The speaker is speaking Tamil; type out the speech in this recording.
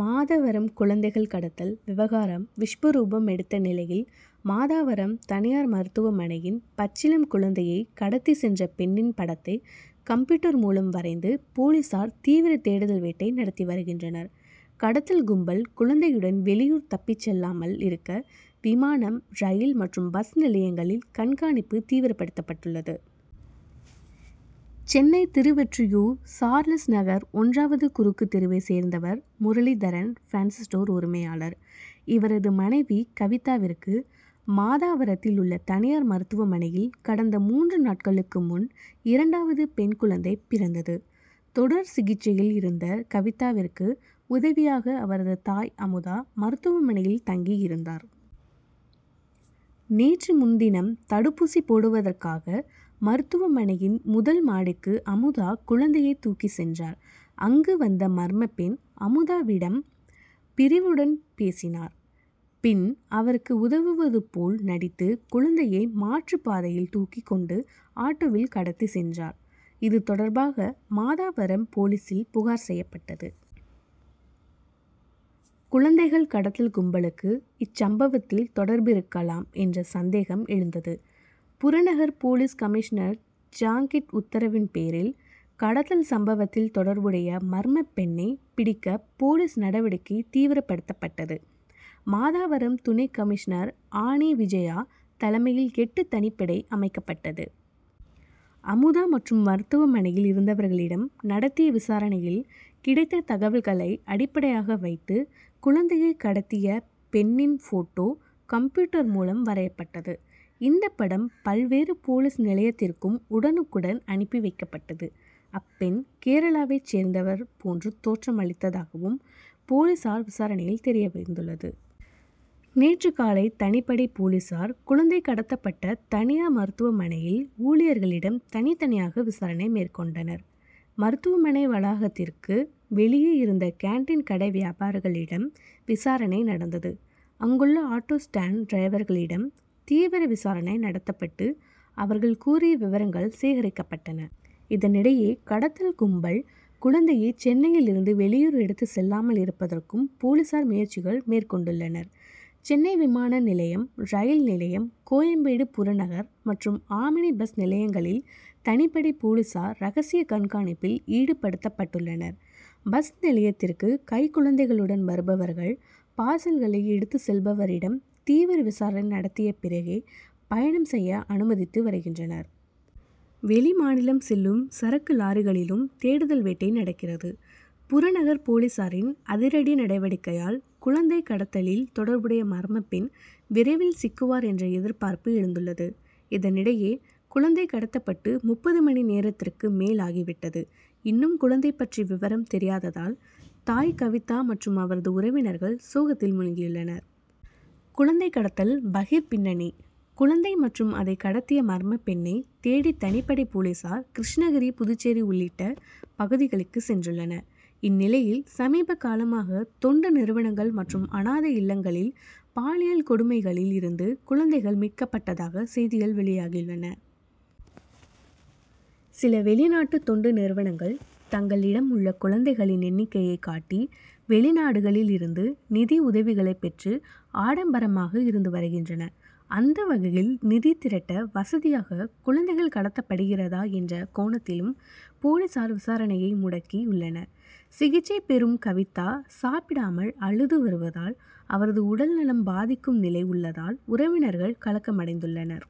மாதவரம் குழந்தைகள் கடத்தல் விவகாரம் விஸ்வரூபம் எடுத்த நிலையில், மாதவரம் தனியார் மருத்துவமனையில் பச்சிளம் குழந் தையை கடத்திச் சென்ற பெண்ணின் படத்தை கம்ப்யூட்டர் மூலம் வரைந்து, போலீசார் தீவிர தேடுதல் வேட்டை நடத்தி வருகின்றனர். கடத்தல் கும்பல், குழந்தையுடன் வெளியூர் தப்பிச் செல்லாமல் இருக்க, விமானம், ரயில் மற்றும் பஸ் நிலையங்களில் கண்காணிப்பு தீவிரப்படுத்தப்பட்டுள்ளது. சென்னை திருவொற்றியூர் சார்லஸ் நகர் ஒன்றாவது குறுக்கு தெருவைச் சேர்ந்தவர் முரளிதரன் பேன்சி ஸ்டோர் உரிமையாளர். இவரது மனைவி கவிதாவிற்கு, மாதவரத்தில் உள்ள தனியார் மருத்துவமனையில் கடந்த மூன்று நாட்களுக்கு முன், இரண்டாவது பெண் குழந்தை பிறந்தது. தொடர் சிகிச்சையில் இருந்த கவிதாவிற்கு உதவியாக அவரது தாய் அமுதா மருத்துவமனையில் தங்கி இருந்தார். நேற்று முன்தினம் தடுப்பூசி போடுவதற்காக மருத்துவமனையின் முதல் மாடிக்கு அமுதா குழந்தையை தூக்கிச் சென்றார். அங்கு வந்த மர்மப் பெண், அமுதாவிடம் பரிவுடன் பேசினார். பின் அவருக்கு உதவுவது போல் நடித்து குழந் தையை மாற்றுப் பாதையில் தூக்கிக் கொண்டு ஆட்டோவில் கடத்திச் சென்றார். இது தொடர்பாக மாதவரம் போலீசில் புகார் செய்யப்பட்டது. குழந்தைகள் கடத்தல் கும்பலுக்கு இச்சம்பவத்தில் தொடர்பிருக்கலாம் என்ற சந்தேகம் எழுந்தது. புறநகர் போலீஸ் கமிஷனர் ஜாங்கிட் உத்தரவின் பேரில், கடத்தல் சம்பவத்தில் தொடர்புடைய மர்மப் பெண்ணை பிடிக்க போலீஸ் நடவடிக்கை தீவிரப்படுத்தப்பட்டது. மாதவரம் துணை கமிஷனர் ஆனி விஜயா தலைமையில் எட்டு தனிப்படை அமைக் கப்பட்டது. அமுதா மற்றும் மருத்துவமனையில் இருந்தவர்களிடம் நடத்திய விசாரணையில் கிடைத்த தகவல்களை அடிப்படையாக வைத்து, குழந்தையை கடத்திய பெண்ணின் போட்டோ கம்ப்யூட்டர் மூலம் வரையப்பட்டது. இந்த படம் பல்வேறு போலீஸ் நிலையத்திற்கும் உடனுக்குடன் அனுப்பி வைக்கப்பட்டது. அப்பெண் கேரளாவைச் சேர்ந்தவர் போன்று தோற்றம் அளித்ததாகவும் போலீசார் விசாரணையில் தெரியவந்துள்ளது. நேற்று காலை தனிப்படை போலீசார், குழந்தை கடத்தப் பட்ட தனியார் மருத்துவமனையில், ஊழியர்களிடம் தனித்தனியாக விசாரணை மேற்கொண்டனர். மருத்துவமனை வளாகத்திற்கு வெளியே இருந்த கேன்டீன், கடை வியாபாரிகளிடம் விசாரணை நடந்தது. அங்குள்ள ஆட்டோ ஸ்டாண்ட் டிரைவர்களிடம் தீவிர விசாரணை நடத்தப்பட்டு, அவர்கள் கூறிய விவரங்கள் சேகரிக்கப்பட்டன. இதனிடையே கடத்தல் கும்பல், குழந்தையை சென்னையில் இருந்து வெளியூர் எடுத்துச் செல்லாமல் இருப்பதற்கும் போலீசார் முயற்சிகள் மேற் கொண்டுள்ளனர். சென்னை விமான நிலையம், ரயில் நிலையம், கோயம்பேடு புறநகர் மற்றும் ஆம்னி பஸ் நிலையங்களில் தனிப்படை போலீசார் ரகசிய கண்காணிப்பில் ஈடுபடுத்தப் பட்டுள்ளனர். பஸ் நிலையத்திற்கு கைக்குழந்தைகளுடன் வருபவர்கள், பார்சல்களை எடுத்துச் செல்பவரிடம் தீவிர விசாரணை நடத்திய பிறகே பயணம் செய்ய அனுமதித்து வருகின்றனர். வெளிமாநிலம் செல் லும் சரக்கு லாரிகளிலும் தேடுதல் வேட்டை நடக்கிறது. புறநகர் போலீசாரின் அதிரடி நடவடிக்கையால், குழந்தை கடத்தலில் தொடர்புடைய மர்மப் பெண் விரைவில் சிக்குவார் என்ற எதிர்பார்ப்பு எழுந் துள்ளது. இதனிடையே, குழந்தை கடத்தப்பட்டு முப்பது மணி நேரத்திற்கு மேல் ஆகிவிட்டது. இன்னும் குழந்தை பற்றிய விவரம் தெரியாததால், தாய் கவிதா மற்றும் அவரது உறவினர்கள் சோகத்தில் மூழ்கியுள் ளனர். குழந்தை கடத்தல் பகீர் பின்னணி குழந்தை மற்றும் அதை கடத்திய மர்மப் பெண்ணைத் தேடி தனிப்படை போலீசார், கிருஷ்ணகிரி, புதுச்சேரி உள்ளிட்ட பகுதிகளுக்கு சென்றுள்ளனர். இந்நிலையில், சமீப காலமாக தொண்டு நிறுவனங்கள் மற்றும் அனாதை இல்லங்களில் பாலியல் கொடுமைகளில் இருந்து குழந்தைகள் மீட்கப்பட்டதாக செய்திகள் வெளியாகியுள்ளன. சில வெளிநாட்டு தொண்டு நிறுவனங்கள் தங்களிடம் உள்ள குழந்தைகளின் எண்ணிக்கையை காட்டி, வெளிநாடுகளில் இருந்து நிதி உதவிகளை பெற்று ஆடம்பரமாக இருந்து வருகின்றன. அந்த வகையில் நிதி திரட்ட வசதியாக குழந்தைகள் கடத்தப்படுகிறதா என்ற கோணத்திலும் போலீசார் விசாரணையை முடுக்கி உள்ளனர். சிகிச்சை பெறும் கவிதா சாப்பிடாமல் அழுது வருவதால், அவரது உடல் நலம் பாதிக்கும் நிலை உள்ளதால் உறவினர்கள் கலக்கமடைந்துள்ளனர்.